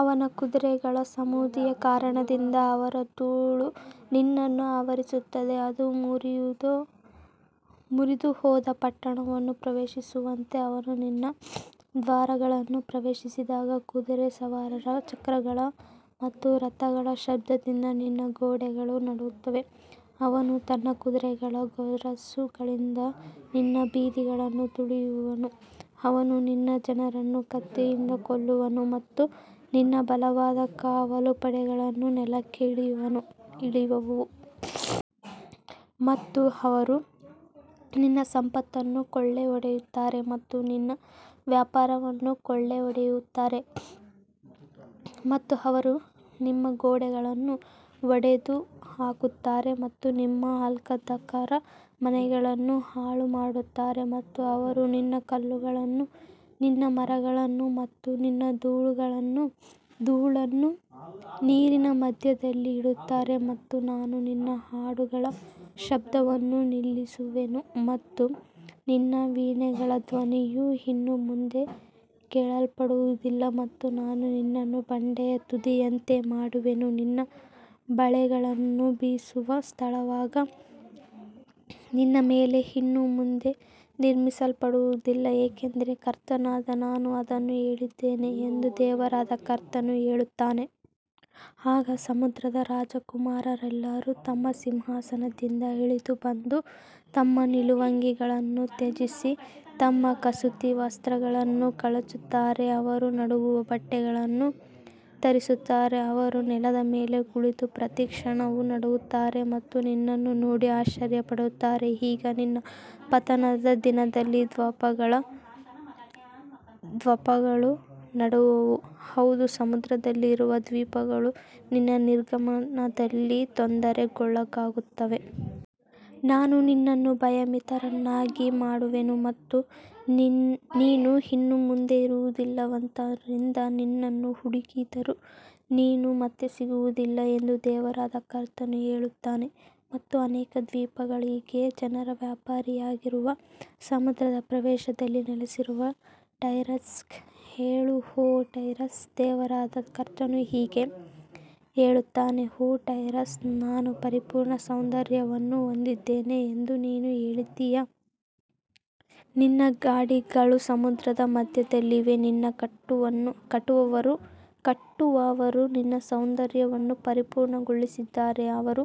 ಅವನ ಕುದುರೆಗಳ ಸಮೃದ್ಧಿಯ ಕಾರಣದಿಂದ ಅವರ ಧೂಳು ನಿನ್ನನ್ನು ಆವರಿಸುತ್ತದೆ, ಅದು ಮುರಿದುಹೋದ ಪಟ್ಟಣವನ್ನು ಪ್ರವೇಶಿಸುವಂತೆ ಅವನು ನಿನ್ನ ದ್ವಾರಗಳನ್ನು ಪ್ರವೇಶಿಸಿದಾಗ ಕುದುರೆ ಸವಾರರ, ಚಕ್ರಗಳ ಮತ್ತು ರಥಗಳ ಶಬ್ದದಿಂದ ನಿನ್ನ ಗೋಡೆಗಳು ನಡುಗುತ್ತವೆ. ಅವನು ತನ್ನ ಕುದುರೆಗಳ ಗೊರಸುಗಳಿಂದ ನಿನ್ನ ಬೀದಿಗಳನ್ನು ತುಳಿಯುವನು, ಅವನು ನಿನ್ನ ಜನರನ್ನು ಕತ್ತಿಯಿಂದ ಕೊಲ್ಲುವನು ಮತ್ತು ನಿನ್ನ ಬಲವಾದ ಕಾವಲು ಪಡೆಗಳು ನೆಲಕ್ಕೆ ಇಳಿಯುವವು. ಮತ್ತು ಅವರು ನಿನ್ನ ಸಂಪತ್ತನ್ನು ಕೊಳ್ಳೆಹೊಡೆಯುತ್ತಾರೆ ಮತ್ತು ನಿಮ್ಮ ವ್ಯಾಪಾರವನ್ನು ಕೊಳ್ಳೆಹೊಡೆಯುತ್ತಾರೆ ಮತ್ತು ಅವರು ನಿಮ್ಮ ಗೋಡೆಗಳನ್ನು ಒಡೆದುಹಾಕುತ್ತಾರೆ ಮತ್ತು ನಿಮ್ಮ ಆಹ್ಲಾದಕರ ಮನೆಗಳನ್ನು ಹಾಳುಮಾಡುತ್ತಾರೆ ಮತ್ತು ಅವರು ನಿನ್ನ ಕಲ್ಲುಗಳನ್ನು, ನಿನ್ನ ಮರಗಳನ್ನು ಮತ್ತು ನಿನ್ನ ಧೂಳನ್ನು ನೀರಿನ ಮಧ್ಯದಲ್ಲಿ ಇಡುತ್ತಾರೆ. ಮತ್ತು ನಾನು ನಿನ್ನ ಹಾಡುಗಳ ಶಬ್ದವನ್ನು ನಿಲ್ಲಿಸುವೆನು ಮತ್ತು ನಿನ್ನ ವೀಣೆಗಳ ಧ್ವನಿಯು ಇನ್ನು ಮುಂದೆ ಕೇಳಲ್ಪಡುವುದಿಲ್ಲ ಮತ್ತು ನಾನು ನಿನ್ನನ್ನು ಬಂಡೆಯ ತುದಿಯಂತೆ ಮಾಡುವೆನು, ನೀನು ಬಲೆಗಳನ್ನು ಬೀಸುವ ಸ್ಥಳವಾಗು, ನಿನ್ನ ಮೇಲೆ ಇನ್ನು ಮುಂದೆ ನಿರ್ಮಿಸಲ್ಪಡುವುದಿಲ್ಲ, ಏಕೆಂದರೆ ಕರ್ತನಾದ ನಾನು ಇದನ್ನು ಹೇಳಿದ್ದೇನೆ ಎಂದು ದೇವರಾದ ಕರ್ತನು ಹೇಳುತ್ತಾನೆ. ಆಗ ಸಮುದ್ರದ ರಾಜಕುಮಾರರೆಲ್ಲರೂ ತಮ್ಮ ಸಿಂಹಾಸನದಿಂದ ಇಳಿದು ಬಂದು ತಮ್ಮ ನಿಲುವಂಗಿಗಳನ್ನು ತ್ಯಜಿಸಿ ತಮ್ಮ ಕಸೂತಿ ವಸ್ತ್ರಗಳನ್ನು ಕಳಚುತ್ತಾರೆ. ಅವರು ನಡುಗುವ ಬಟ್ಟೆಗಳನ್ನು ಧರಿಸುತ್ತಾರೆ, ಅವರು ನೆಲದ ಮೇಲೆ ಕುಳಿತು ಪ್ರತಿ ಕ್ಷಣವೂ ನಡುಗುತ್ತಾರೆ ಮತ್ತು ನಿನ್ನನ್ನು ನೋಡಿ ಆಶ್ಚರ್ಯಪಡುತ್ತಾರೆ. ಈಗ ನಿನ್ನ ಪತನದ ದಿನದಲ್ಲಿ ದ್ವೀಪಗಳು ನಡುಗುವವು, ಹೌದು, ಸಮುದ್ರದಲ್ಲಿರುವ ದ್ವೀಪಗಳು ನಿನ್ನ ನಿರ್ಗಮನದಲ್ಲಿ ತೊಂದರೆಗೊಳಗಾಗುತ್ತವೆ. ನಾನು ನಿನ್ನನ್ನು ಭಯಭೀತರನ್ನಾಗಿ ಮಾಡುವೆನು ಮತ್ತು ನೀನು ಇನ್ನು ಮುಂದೆ ಇರುವುದಿಲ್ಲವಾದ್ದರಿಂದ ನಿನ್ನನ್ನು ಹುಡುಕಿದರೂ ನೀನು ಮತ್ತೆ ಸಿಗುವುದಿಲ್ಲ ಎಂದು ದೇವರಾದ ಕರ್ತನು ಹೇಳುತ್ತಾನೆ. ಮತ್ತು ಅನೇಕ ದ್ವೀಪಗಳಿಗೆ ಜನರ ವ್ಯಾಪಾರಿಯಾಗಿರುವ ಸಮುದ್ರದ ಪ್ರವೇಶದಲ್ಲಿ ನೆಲೆಸಿರುವ ಟೈರಸ್ಗೆ ಹೇಳು, ಓ ಟೈರಸ್, ದೇವರಾದ ಕರ್ತನು ಹೀಗೆ ಹೇಳುತ್ತಾನೆ, ಓ ಟೈರಸ್, ನಾನು ಪರಿಪೂರ್ಣ ಸೌಂದರ್ಯವನ್ನು ಹೊಂದಿದ್ದೇನೆ ಎಂದು ನೀನು ಹೇಳಿದ್ದೀಯ. ನಿನ್ನ ಗಡಿಗಳು ಸಮುದ್ರದ ಮಧ್ಯದಲ್ಲಿವೆ, ನಿನ್ನ ಕಟ್ಟುವವರು ನಿನ್ನ ಸೌಂದರ್ಯವನ್ನು ಪರಿಪೂರ್ಣಗೊಳಿಸಿದ್ದಾರೆ. ಅವರು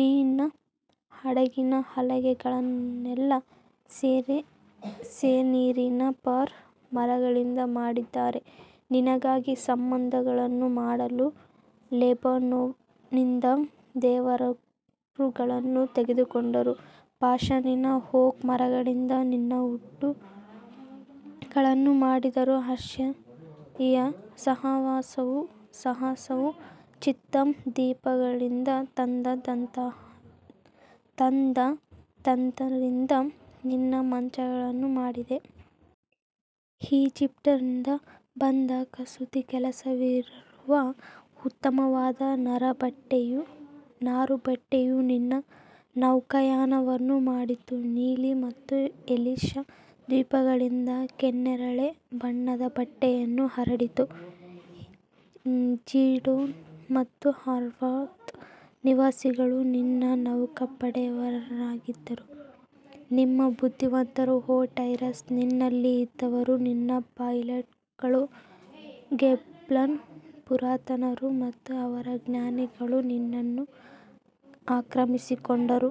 ನಿನ್ನ ಹಡಗಿನ ಹಲಗೆಗಳನ್ನೆಲ್ಲಾ ಸೆನೀರಿನ ಫರ್ ಮರಗಳಿಂದ ಮಾಡಿದ್ದಾರೆ, ನಿನಗಾಗಿ ಸ್ತಂಭಗಳನ್ನು ಮಾಡಲು ಲೆಬನೋನ್ನಿಂದ ದೇವದಾರುಗಳನ್ನು ತೆಗೆದುಕೊಂಡರು. ಬಾಷಾನಿನ ಓಕ್ ಮರಗಳಿಂದ ನಿನ್ನ ಹುಟ್ಟುಗಳನ್ನು ಮಾಡಿದರು, ಅಶ್ಶೂರಿಯರ ಸಹವಾಸವು ಚಿತ್ತೀಮ್ ದ್ವೀಪಗಳಿಂದ ತಂದ ದಂತದಿಂದ ನಿನ್ನ ಮಂಚಗಳನ್ನು ಮಾಡಿದೆ. ಈಜಿಪ್ಟ್ನಿಂದ ಬಂದ ಕಸೂತಿ ಕೆಲಸವಿರುವ ಉತ್ತಮವಾದ ನಾರುಬಟ್ಟೆಯು ನಿನ್ನ ನೌಕಾಯಾನವನ್ನು ಮಾಡಿತು, ನೀಲಿ ಮತ್ತು ಎಲಿಷಾ ದ್ವೀಪಗಳಿಂದ ಕೆನ್ನೇರಳೆ ಬಣ್ಣದ ಬಟ್ಟೆಯನ್ನು ಹರಡಿತು. ಝೀಡೋನ್ ಮತ್ತು ಅರ್ವಾದ್ ನಿವಾಸಿಗಳು ನಿನ್ನ ನೌಕಾಪಡೆಯವರಾಗಿದ್ದರು, ನಿಮ್ಮ ಬುದ್ಧಿವಂತರು ಓ ಟೈರಸ್, ನಿನ್ನಲ್ಲಿ ಇದ್ದವರು ನಿನ್ನ ಪೈಲಟ್ಗಳು, ಗೆಬಲ್ನ ಪುರಾತನರು ಮತ್ತು ಅವರ ಜ್ಞಾನಿಗಳು ನಿನ್ನನ್ನು ಆಕ್ರಮಿಸಿಕೊಂಡರು.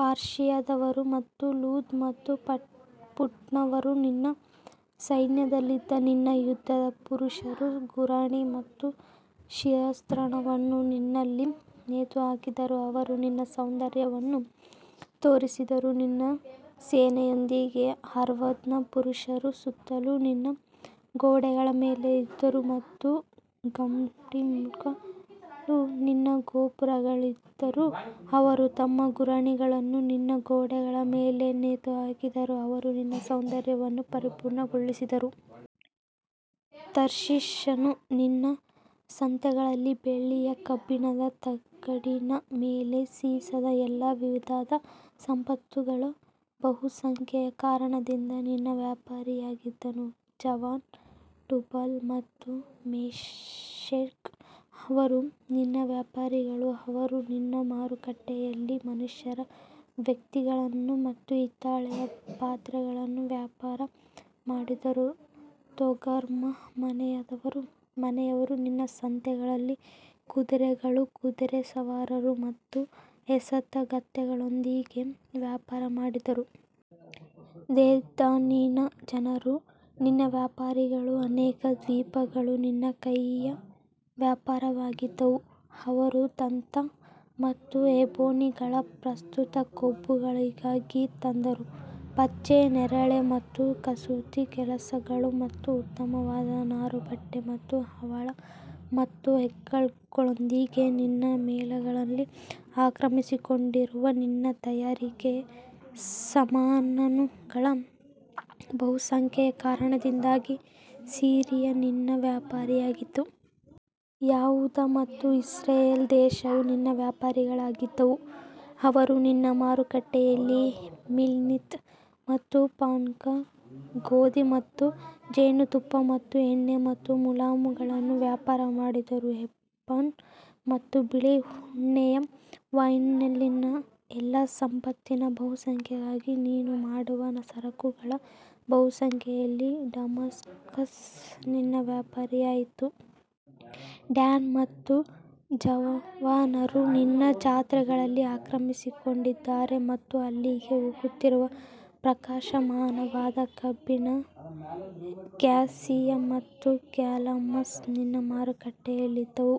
ಪರ್ಷಿಯಾದವರು ಮತ್ತು ಲುದ್ ಮತ್ತು ಫುಟ್ನವರು ನಿನ್ನ ಸೈನ್ಯದಲ್ಲಿದ್ದ ನಿನ್ನ ಯುದ್ಧದ ಪುರುಷರು, ಗುರಾಣಿ ಮತ್ತು ಶಿರಸ್ತ್ರಾಣವನ್ನು ನಿನ್ನಲ್ಲಿ ನೇತುಹಾಕಿದರು, ಅವರು ನಿನ್ನ ಸೌಂದರ್ಯವನ್ನು ತೋರಿಸಿದರು. ನಿನ್ನ ಸೇನೆಯೊಂದಿಗೆ ಅರ್ವಾದ್ನ ಪುರುಷರು ಸುತ್ತಲೂ ನಿನ್ನ ಗೋಡೆಗಳ ಮೇಲೆ ಇದ್ದರು ಮತ್ತು ಗಮ್ಮಡಿಮ್ಗಳು ನಿನ್ನ ಗೋಪುರಗಳಲ್ಲಿದ್ದರು. ಅವರು ತಮ್ಮ ಗುರಾಣಿಗಳನ್ನು ನಿನ್ನ ಗೋಡೆಗಳ ಮೇಲೆ ನೇತುಹಾಕಿದರು, ಅವರು ನಿನ್ನ ಸೌಂದರ್ಯವನ್ನು ಪರಿಪೂರ್ಣಗೊಳಿಸಿದರು. ತರ್ಷೀಷನು ನಿನ್ನ ಸಂತೆಗಳಲ್ಲಿ ಬೆಳ್ಳಿಯ, ಕಬ್ಬಿಣದ, ತಗಡಿನ ಮತ್ತು ಸೀಸದ ಎಲ್ಲಾ ವಿಧದ ಸಂಪತ್ತುಗಳ ಬಹುಸಂಖ್ಯೆಯ ಕಾರಣದಿಂದ ನಿನ್ನ ವ್ಯಾಪಾರಿಯಾಗಿದ್ದನು. ಜಾವಾನ್, ಟುಬಲ್ ಮತ್ತು ಮೆಷೆಕ್ ಅವರು ನಿನ್ನ ವ್ಯಾಪಾರಿಗಳು, ಅವರು ನಿನ್ನ ಮಾರುಕಟ್ಟೆಯಲ್ಲಿ ಮನುಷ್ಯರ ವ್ಯಕ್ತಿಗಳನ್ನು ಮತ್ತು ಹಿತ್ತಾಳೆಯ ಪಾತ್ರೆಗಳನ್ನು ವ್ಯಾಪಾರ ಮಾಡಿದರು. ತೊಗರ್ಮಾ ಮನೆಯವರು ನಿನ್ನ ಸಂತೆಗಳಲ್ಲಿ ಕುದುರೆಗಳು, ಕುದುರೆಸವಾರರು ಮತ್ತು ಹೇಸರಗತ್ತೆಗಳೊಂದಿಗೆ ವ್ಯಾಪಾರ ಮಾಡಿದರು. ದೇದಾನಿನ ಜನರು ನಿನ್ನ ವ್ಯಾಪಾರಿಗಳು, ಅನೇಕ ದ್ವೀಪಗಳು ನಿನ್ನ ಕೈಯ ವ್ಯಾಪಾರವಾಗಿದ್ದವು, ಅವರು ದಂತ ಮತ್ತು ಎಬೊನಿಗಳ ಪ್ರಸ್ತುತ ಕೊಂಬುಗಳಿಗಾಗಿ ತಂದರು. ಪಚ್ಚೆ, ನೇರಳೆ ಮತ್ತು ಕಸೂತಿ ಕೆಲಸಗಳು ಮತ್ತು ಉತ್ತಮವಾದ ನಾರುಬಟ್ಟೆ ಮತ್ತು ಹವಳ ಮತ್ತು ಅಗೇಟ್ಗಳೊಂದಿಗೆ ನಿನ್ನ ಮೇಳಗಳಲ್ಲಿ ಆಕ್ರಮಿಸಿಕೊಂಡಿರುವ ನಿನ್ನ ತಯಾರಿಕೆಯ ಸಾಮಾನುಗಳ ಬಹುಸಂಖ್ಯೆಯ ಕಾರಣದಿಂದಾಗಿ ಸಿರಿಯಾ ನಿನ್ನ ವ್ಯಾಪಾರಿಯಾಗಿತ್ತು. ಯೆಹೂದ ಮತ್ತು ಇಸ್ರಾಯೇಲ್ ದೇಶವು ನಿನ್ನ ವ್ಯಾಪಾರಿಗಳಾಗಿದ್ದು, ಅವರು ನಿನ್ನ ಮಾರುಕಟ್ಟೆಯಲ್ಲಿ ಮಿನ್ನಿತ್ ಮತ್ತು ಪನ್ನಾಗ್ ಗೋಧಿ ಮತ್ತು ಜೇನುತುಪ್ಪ ಮತ್ತು ಎಣ್ಣೆ ಮತ್ತು ಮುಲಾಮುಗಳನ್ನು ವ್ಯಾಪಾರ ಮಾಡಿದರು. ಹೆಲ್ಬನ್ ಮತ್ತು ಬಿಳಿ ಉಣ್ಣೆಯ ವೈನ್ನಲ್ಲಿನ ಎಲ್ಲಾ ಸಂಪತ್ತಿನ ಬಹುಸಂಖ್ಯೆಗಾಗಿ ನೀನು ಮಾಡುವ ಸರಕುಗಳ ಬಹುಸಂಖ್ಯೆಯಲ್ಲಿ ಡಮಾಸ್ಕಸ್ ನಿನ್ನ ವ್ಯಾಪಾರಿಯಾಗಿತ್ತು. ಡ್ಯಾನ್ ಮತ್ತು ಜವಾನರು ನಿನ್ನ ಜಾತ್ರೆಗಳಲ್ಲಿ ಆಕ್ರಮಿಸಿಕೊಂಡಿದ್ದಾರೆ ಮತ್ತು ಅಲ್ಲಿಗೆ ಹೋಗುತ್ತಿರುವ ಪ್ರಕಾಶಮಾನವಾದ ಕಬ್ಬಿಣ, ಕ್ಯಾಸಿಯಾ ಮತ್ತು ಕ್ಯಾಲಮಸ್ ನಿನ್ನ ಮಾರುಕಟ್ಟೆಯಲ್ಲಿದ್ದವು.